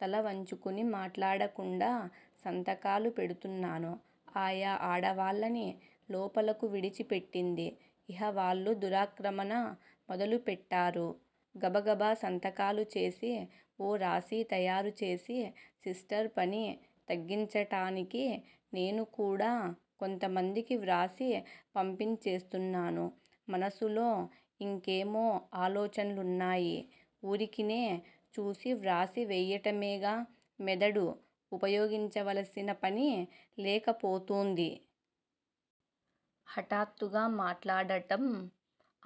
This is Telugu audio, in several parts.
తల వంచుకుని మాట్లాడకుండా సంతకాలు పెడుతున్నాను. ఆయా ఆడవాళ్ళని లోపలకు విడిచి పెట్టింది. ఇహ వాళ్ళు దురాక్రమణ మొదలుపెట్టారు. గబగబ సంతకాలు చేసి ఓ రాశి తయారుచేసి, సిస్టర్ పని తగ్గించటానికి నేను కూడా కొంతమందికి వ్రాసి పంపించేస్తున్నాను. మనసులో యింకేమో ఆలోచన్లున్నాయి. ఊరికినే చూసి వ్రాసి వెయ్యటమేగా, మెదడు ఉపయోగించవలసిన పని లేకపోతూంది. హఠాత్తుగా మాట్లాడటం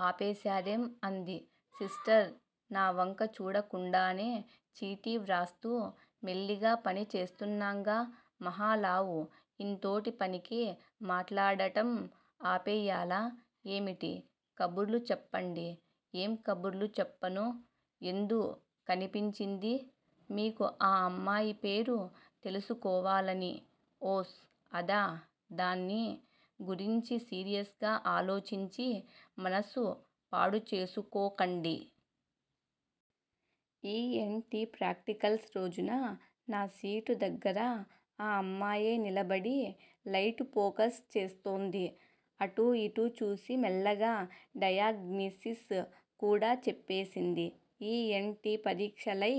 ఆపేశారేం? అంది సిస్టర్ నా వంక చూడకుండానే చీటీ వ్రాస్తూ, మెల్లిగా. పని చేస్తున్నాంగా. మహలావు యింతోటి పనికి మాట్లాడటం ఆపెయ్యాలా ఏమిటి? కబుర్లు చెప్పండి. ఏం కబుర్లు చెప్పను? ఎందు కనిపించింది మీకు ఆ అమ్మాయి పేరు తెలుసుకోవాలని? ఓస్! అదా? దాన్ని గురించి సీరియస్ గా ఆలోచించి మనసు పాడుచేసుకోకండి. ఇ. ఎన్. టీ ప్రాక్టికల్స్ రోజున నా సీటు దగ్గర ఆ అమ్మాయే నిలబడి లైటు ఫోకస్ చేస్తోంది. అటూ యిటూ చూసి మెల్లగా డయాగ్నిసిస్ కూడ చెప్పేసింది. ఇ. ఎన్. టీ. పరీక్షలై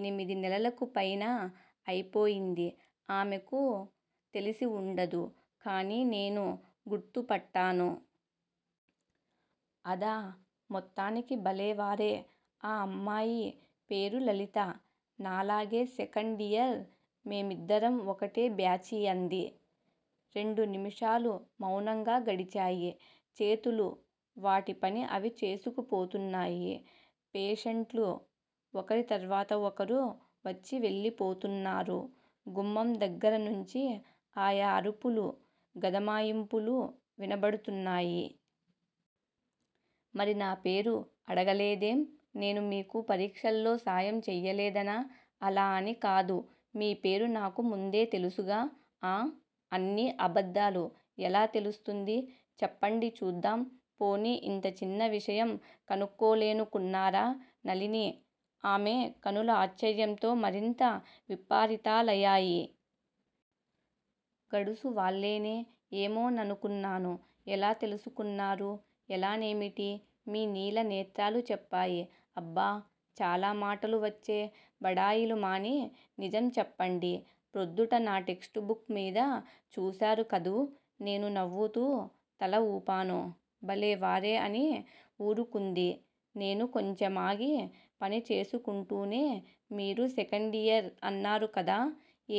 ఎనిమిది నెలలకు పైనా అయిపోయింది. ఆమెకు తెలిసివుండదు, కాని నేను గుర్తుపట్టాను. అదా? మొత్తానికి బలేవారే. ఆ అమ్మాయి పేరు లలిత. నాలాగే సెకండియర్. మేమిద్దరం ఒకటే బ్యాచి అంది. రెండు నిమిషాలు మౌనంగా గడిచాయి. చేతులు వాటి పని అవి చేసుకుపోతున్నాయి. పేషెంట్లు ఒకరి తర్వాత ఒకరు వచ్చివెళ్ళిపోతున్నారు. గుమ్మం దగ్గరనుంచి ఆయా అరుపులు, గదమాయింపులు వినబడుతున్నాయి. మరి నా పేరు ఆడగలేదేం? నేను మీకు పరీక్షల్లో సాయం చెయ్యలేదనా? అలా అని కాదు. మీ పేరు నాకు ముందే తెలుసుగా. ఆఁ అన్నీ అబద్ధాలు. ఎలా తెలుస్తుంది? చెప్పండి చూద్దాం. పోనీ ఇంత చిన్న విషయం కనుక్కోలేనుకున్నారా? నళిని. ఆమె కనులు ఆశ్చర్యంతో మరింత విప్పారితాలయాయి. గడుసు వాళ్ళేనే. ఏమో ననుకున్నాను. ఎలా తెలుసుకున్నారు? ఎలానేమిటి? మీ నీలనేత్రాలు చెప్పాయి. అబ్బా! చాలా మాటలు వచ్చే! బడాయిలు మాని నిజం చెప్పండి. ప్రొద్దుట నా టెక్ట్స్ బుక్ మీద చూశారుకదూ! నేను నవ్వుతూ తల ఊపాను. బలేవారే అని ఊరుకుంది. నేను కొంచెమాగి పని చూసుకుంటూనే మీరు సెకండియర్ అన్నారు కదా,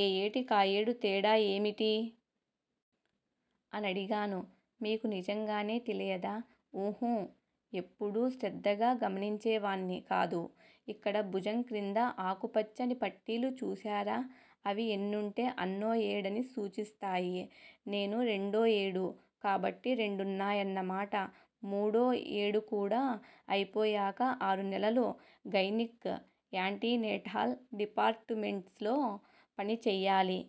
ఏయేటి కాయేడు, తేడా ఏమిటి? అనడిగాను. మీకు నిజంగానే తెలియదా? ఊహు. ఎప్పుడూ శ్రద్ధగా గమనించేవాణ్ని కాదు. ఇక్కడ భుజం క్రింద ఆకు పచ్చని పట్టీలు చూశారా? అవి ఎన్నుంటే_అన్నో ఏడని సూచిస్తాయి. నేను రెండో ఏడు కాబట్టి రెండున్నాయన్నమాట. మూడో ఏడుకూడా అయిపోయాక ఆరు నెలలు గైనిక్, యాంటీనేటాల్ డిపార్ట్ మెంట్సులో పనిచెయ్యాలి.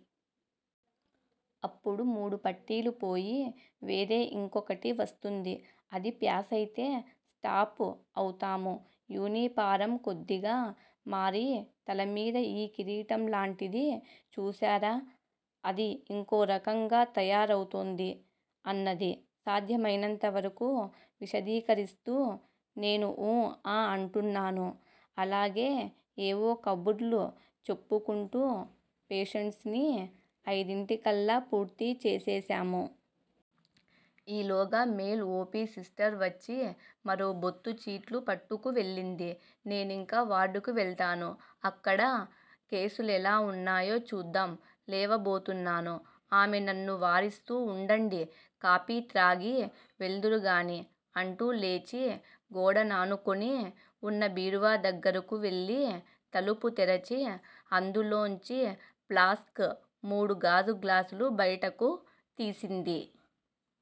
అప్పుడు మూడు పట్టీలూ పోయి వేరే యింకొకటి వస్తుంది. అది ప్యాసయితే స్టాఫ్ అవుతాము. యూనిఫారం కొద్దిగా మారి, తలమీద యీ కిరీటంలాంటిది చూశారా. అది యింకోరకంగా తయారౌతుంది అన్నది, సాధ్యమైనంతవరకూ విశదీకరిస్తూ. నేను ఊ, ఆ అంటున్నాను. అలాగే ఏవో కబుర్లు చెప్పుకుంటూ పేషెంట్సుని అయిదింటికల్లా పూర్తిచేసేశాము. ఈలోగా మేల్ ఓ. పి. సిస్టర్ వచ్చి మరో బొత్తు చీట్లు పట్టుకు వెళ్ళింది. నేనింక వార్డుకి వెళ్తాను. అక్కడ కేసు లెలా వున్నాయో చూద్దాం లేవబోతున్నాను. ఆమె నన్ను వారిస్తూ ఉండండి. కాఫీ త్రాగి వెళ్దురు గాని అంటూ లేచి గోడ నానుకొని వున్న బీరువా దగ్గరకు వెళ్ళి, తలుపు తెరిచి అందులోంచి ప్లాస్క్, మూడు గాజుగ్లాసులు బయటకు తీసింది.